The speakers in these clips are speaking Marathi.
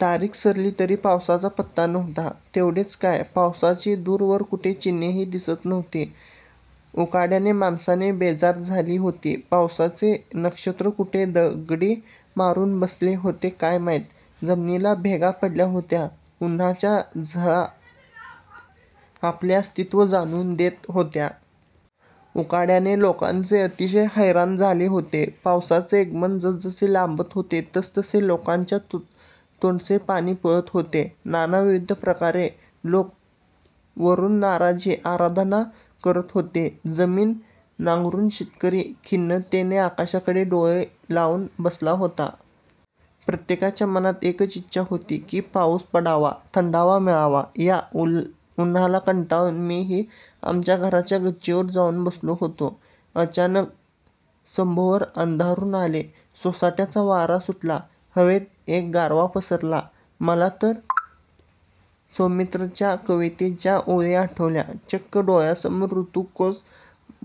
तारीख सरली, तरी पावसाचा पत्ता नव्हता. एवढेच काय! पावसाची दूरवर कुठे चिन्हेही दिसत नव्हती. उकाड्याने माणसे बेजार झाली होती. पावसाचे नक्षत्र कुठे दडी मारून बसले होते काय माहीत? जमिनीला भेगा पडल्या होत्या. उन्हाच्या गरम झळा आपले अस्तित्व जाणवून देत होत्या. उकाड्याने लोक अतिशय हैराण झाले होते. पावसाचे आगमन जसजसे लांबत होते, तसतसे लोकांच्या तोंडचे पाणी पळत होते. नानाविध प्रकारे लोक वरुणराजाची आराधना करत होते. जमीन नांगरून शेतकरी खिन्नतेने आकाशाकडे डोळे लावून बसला होता. प्रत्येकाच्या मनात एकच इच्छा होती की पाऊस पडावा, थंडावा मिळावा. या उन्हाला कंटाळून मीही आमच्या घराच्या गच्चीवर जाऊन बसलो होतो. अचानक सभोवार अंधारून आले. सोसाट्याचा वारा सुटला. हवेत एक गारवा पसरला. मला तर सौमित्रच्या कवितेच्या ओळी आठवल्या, चक्क डोळ्यांसमोर ऋतु कोस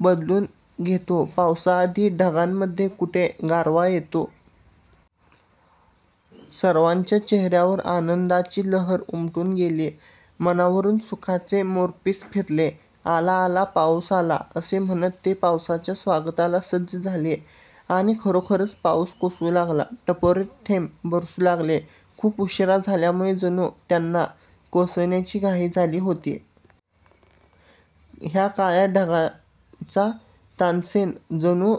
बदलून घेतो, पावसा आधी ढगांमध्ये कुठून गारवा येतो? सर्वांच्या चेहऱ्यावर आनंदाची लहर उमटून गेली. मनावरून सुखाचे मोरपीस फिरले. 'आला, आला, पाऊस आला! ' असे म्हणत ते पावसाच्या स्वागताला सज्ज झाले. आणि खरोखरच पाऊस कोसळू लागला. टपोरे थेंब बरसू लागले. खूप उशीर झाल्यामुळे जणू त्यांना कोसळण्याची घाई झाली होती. हा काळ्या ढगांचा तानसेन जणू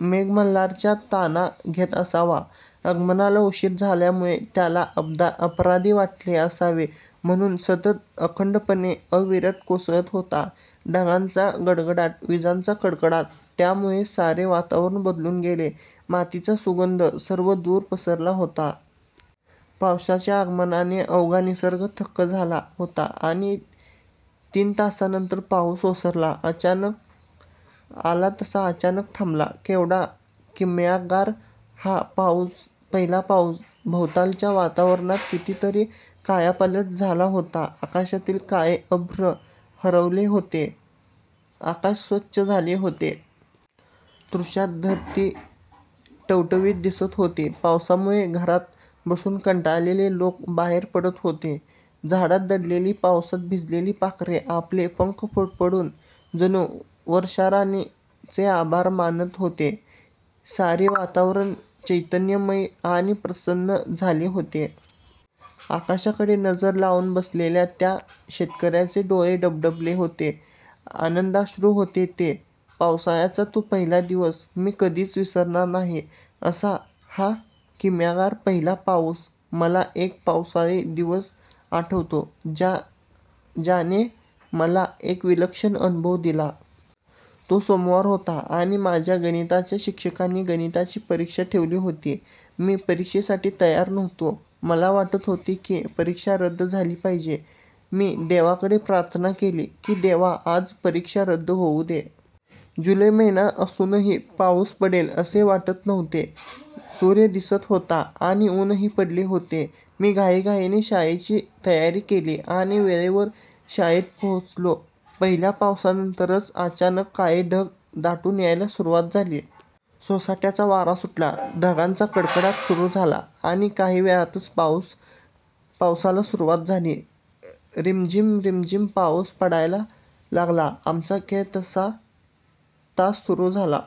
मेघमल्हाराच्या ताना घेत असावा. आगमनाला उशीर झाल्यामुळे त्याला अपराधी वाटले असावे, म्हणून सतत अखंडपणे अविरत कोसळत होता. ढगांचा गडगडाट, विजांचा कडकडाट यामुळे सारे वातावरणच बदलून गेले. मातीचा सुगंध सर्वदूर पसरला होता. पावसाच्या आगमनाने अवघा निसर्ग थक्क झाला होता. तीन तासांनंतर पाऊस ओसरला. अचानक आला तसा अचानक थांबला. केवढा किमयागार हा पहिला पाऊस! भोवतालच्या वातावरणात कितीतरी कायापालट झाला होता. आकाशातील काळे अभ्र हरवले होते. आकाश स्वच्छ झाले होते. तृषार्त धरती टवटवीत दिसत होती. पावसामुळे घरात बसून कंटाळलेले लोक बाहेर पडत होते. झाडात दडलेली, पावसात भिजलेली पाखरे आपले पंख फडफडवून जणू वर्षाराणीचे आभार मानत होती. सारे वातावरण चैतन्यमय आणि प्रसन्न झाले होते. आकाशाकडे नजर लावून बसलेल्या त्या शेतकऱ्यांचे डोळे डबडबले होते. आनंदाश्रू होते ते! पावसाळ्याचा तो पहिला दिवस मी कधीच विसरणार नाही. असा हा किमयागार पहिला पाऊस! मला एक पावसाळी दिवस आठवतो ज्याने मला एक विलक्षण अनुभव दिला. तो सोमवार होता आणि माझ्या गणिताच्या शिक्षकांनी गणिताची परीक्षा ठेवली होती. मी परीक्षेसाठी तयार नव्हतो. मला वाटत होते की परीक्षा रद्द झाली पाहिजे. मी देवाकडे प्रार्थना केली की, 'देवा, आज परीक्षा रद्द होऊदे. ' जुलै महिना असूनही पाऊस पडेल असे वाटत नव्हते. सूर्य दिसत होता आणि ऊनही पडले होते. मी घाईघाईने शाळेची तयारी केली आणि वेळेवर शाळेत पोहोचलो. पहिल्या तासानंतरच अचानक काळे ढग दाटून यायला सुरुवात झाली. सोसाट्याचा वारा सुटला. ढगांचा गडगडाट सुरू झाला. आणि काही वेळातच पावसाला सुरुवात झाली. रिमझिम रिमझिम पाऊस पडायला लागला. आमचा खेळाचा तास सुरू झाला.